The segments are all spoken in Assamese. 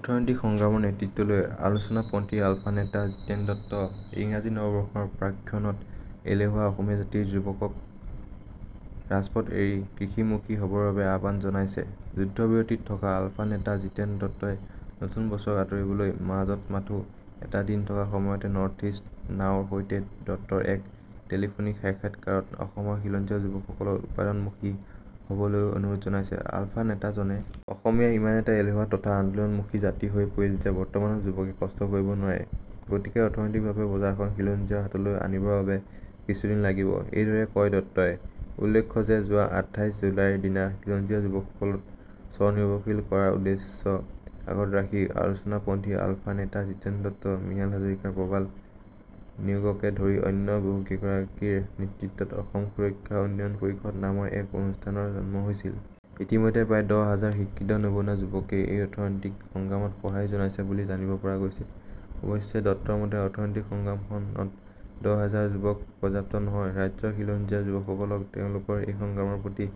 অৰ্থনৈতিক সংগ্ৰামৰ নেতৃত্ব লৈ আলোচনাপন্থী আলফা নেতা জিতেন দত্ত। ইংৰাজী নৱবৰ্ষৰ প্ৰাক্ক্ষণত এলেহুৱা অসমীয়া জাতিৰ যুৱকক ৰাজপথ এৰি কৃষিমুখী হ'বৰ বাবে আহ্বান জনাইছে যুদ্ধবিৰতিত থকা আলফা নেতা জীতেন দত্তই। নতুন বছৰক আদৰিবলৈ মাজত মাথোঁ এটা দিন থকা সময়তে নৰ্থ ইষ্ট নাওৰ সৈতে দত্তৰ এক টেলিফোনিক সাক্ষাৎকাৰত অসমৰ খিলঞ্জীয়া যুৱকসকলক উৎপাদনমুখী হ'বলৈয়ো অনুৰোধ জনাইছে আলফা নেতাজনে। অসমীয়া ইমান এটা এলেহুৱা তথা আন্দোলনমুখী জাতি হৈ পৰিল যে বৰ্তমানৰ যুৱকে কষ্ট কৰিব নোৱাৰে। গতিকে অৰ্থনৈতিকভাৱে বজাৰখন খিলঞ্জীয়াৰ হাতলৈ আনিবৰ বাবে কিছুদিন লাগিব- এইদৰে কয় দত্তই। উল্লেখ্য যে যোৱা আঠাইশ জুলাইৰ দিনা খিলঞ্জীয়া যুৱকসকলক স্বনিৰ্ভৰশীল কৰাৰ উদ্দেশ্য আগত ৰাখি আলোচনাপন্থী আলফা নেতা জীতেন দত্ত, মৃণাল হাজৰিকা, প্ৰবাল নেওগকে ধৰি অন্য বহুকেইগৰাকীৰ নেতৃত্বত 'অসম সুৰক্ষা উন্নয়ন পৰিষদ' নামৰ এক অনুষ্ঠানৰ জন্ম হৈছিল। ইতিমধ্যে প্ৰায় দহ হাজাৰ শিক্ষিত নিবনুৱা যুৱকে এই অৰ্থনৈতিক সংগ্ৰামত সঁহাৰি জনাইছে বুলি জানিব পৰা গৈছে। অৱশ্যে দত্তৰ মতে অৰ্থনৈতিক সংগ্ৰামখনত দহ হাজাৰ যুৱক পৰ্য্যাপ্ত নহয়। ৰাজ্যৰ খিলঞ্জীয়া যুৱকসকলক তেওঁলোকৰ এই সংগ্ৰামৰ প্ৰতি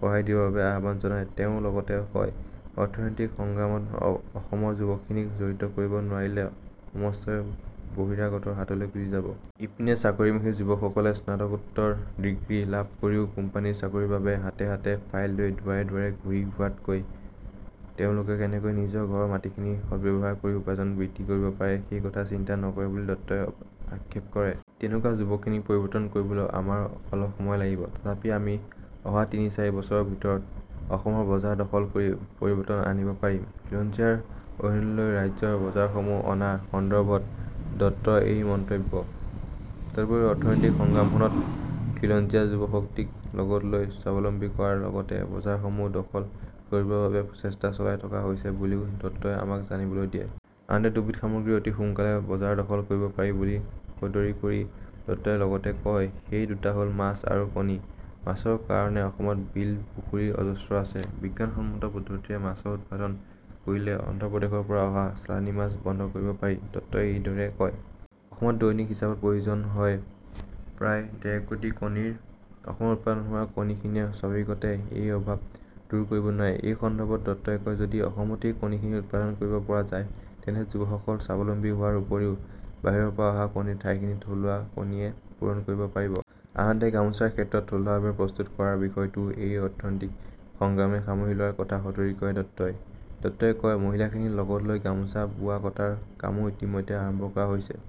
সঁহাৰি দিবৰ বাবে আহ্বান জনাই তেওঁ লগতে কয়, অৰ্থনৈতিক সংগ্ৰামত অসমৰ যুৱকখিনিক জড়িত কৰিব নোৱাৰিলে সমস্তই বহিৰাগতৰ হাতলৈ গুচি যাব। ইপিনে চাকৰিমুখী যুৱকসকলে স্নাতকোত্তৰ ডিগ্ৰী লাভ কৰিও কোম্পানীৰ চাকৰিৰ বাবে হাতে হাতে ফাইল লৈ দুৱাৰে দুৱাৰে ঘূৰি ফুৰাতকৈ তেওঁলোকে কেনেকৈ নিজৰ ঘৰৰ মাটিখিনি সৎব্যৱহাৰ কৰি উপাৰ্জন বৃদ্ধি কৰিব পাৰে, সেই কথা চিন্তা নকৰে বুলি দত্তই আক্ষেপ কৰে। তেনেকুৱা যুৱকখিনিক পৰিৱৰ্তন কৰিবলৈ আমাৰ অলপ সময় লাগিব, তথাপি আমি অহা তিনি-চাৰি বছৰৰ ভিতৰত অসমৰ বজাৰ দখল কৰি পৰিৱৰ্তন আনিব পাৰিম- খিলঞ্জীয়াৰ অধীনলৈ ৰাজ্যৰ বজাৰসমূহ অনা সন্দৰ্ভত দত্তৰ এই মন্তব্য। তদুপৰি অৰ্থনৈতিক সংগ্ৰামখনত খিলঞ্জীয়া যুৱশক্তিক লগত লৈ স্বাৱলম্বী কৰাৰ লগতে বজাৰসমূহ দখল কৰিবৰ বাবে চেষ্টা চলাই থকা হৈছে বুলিও দত্তই আমাক জানিবলৈ দিয়ে। আনহাতে দুবিধ সামগ্ৰীৰ অতি সোনকালে বজাৰ দখল কৰিব পাৰি বুলি সদৰী কৰি দত্তই লগতে কয়- সেই দুটা হ'ল মাছ আৰু কণী। মাছৰ কাৰণে অসমত বিল-পুখুৰী অজস্ৰ আছে, বিজ্ঞানসন্মত পদ্ধতিৰে মাছৰ উৎপাদন কৰিলে অন্ধ্ৰপ্ৰদেশৰ পৰা অহা চালানী মাছ বন্ধ কৰিব পাৰি- দত্তই এইদৰে কয়। অসমত দৈনিক হিচাপত প্ৰয়োজন হয় প্ৰায় ডেৰকোটি কণীৰ। অসমত উৎপাদন হোৱা কণীখিনিয়ে স্বাভাৱিকতে এই অভাৱ দূৰ কৰিব নোৱাৰে। এই সন্দৰ্ভত দত্তই কয়, যদি অসমতেই কণীখিনি উৎপাদন কৰিব পৰা যায় তেন্তে যুৱকসকল স্বাৱলম্বী হোৱাৰ উপৰিও বাহিৰৰ পৰা অহা কণীৰ ঠাইখিনি থলুৱা কণীয়ে পূৰণ কৰিব পাৰিব। আনহাতে গামোচাৰ ক্ষেত্ৰত থলুৱাভাৱে প্ৰস্তুত কৰাৰ বিষয়টোও এই অৰ্থনৈতিক সংগ্ৰামে সামৰি লোৱাৰ কথা সদৰী কৰে দত্তই। দত্তই কয়- মহিলাখিনিক লগত লৈ গামোচা বোঁৱা-কটাৰ কামো ইতিমধ্যে আৰম্ভ কৰা হৈছে।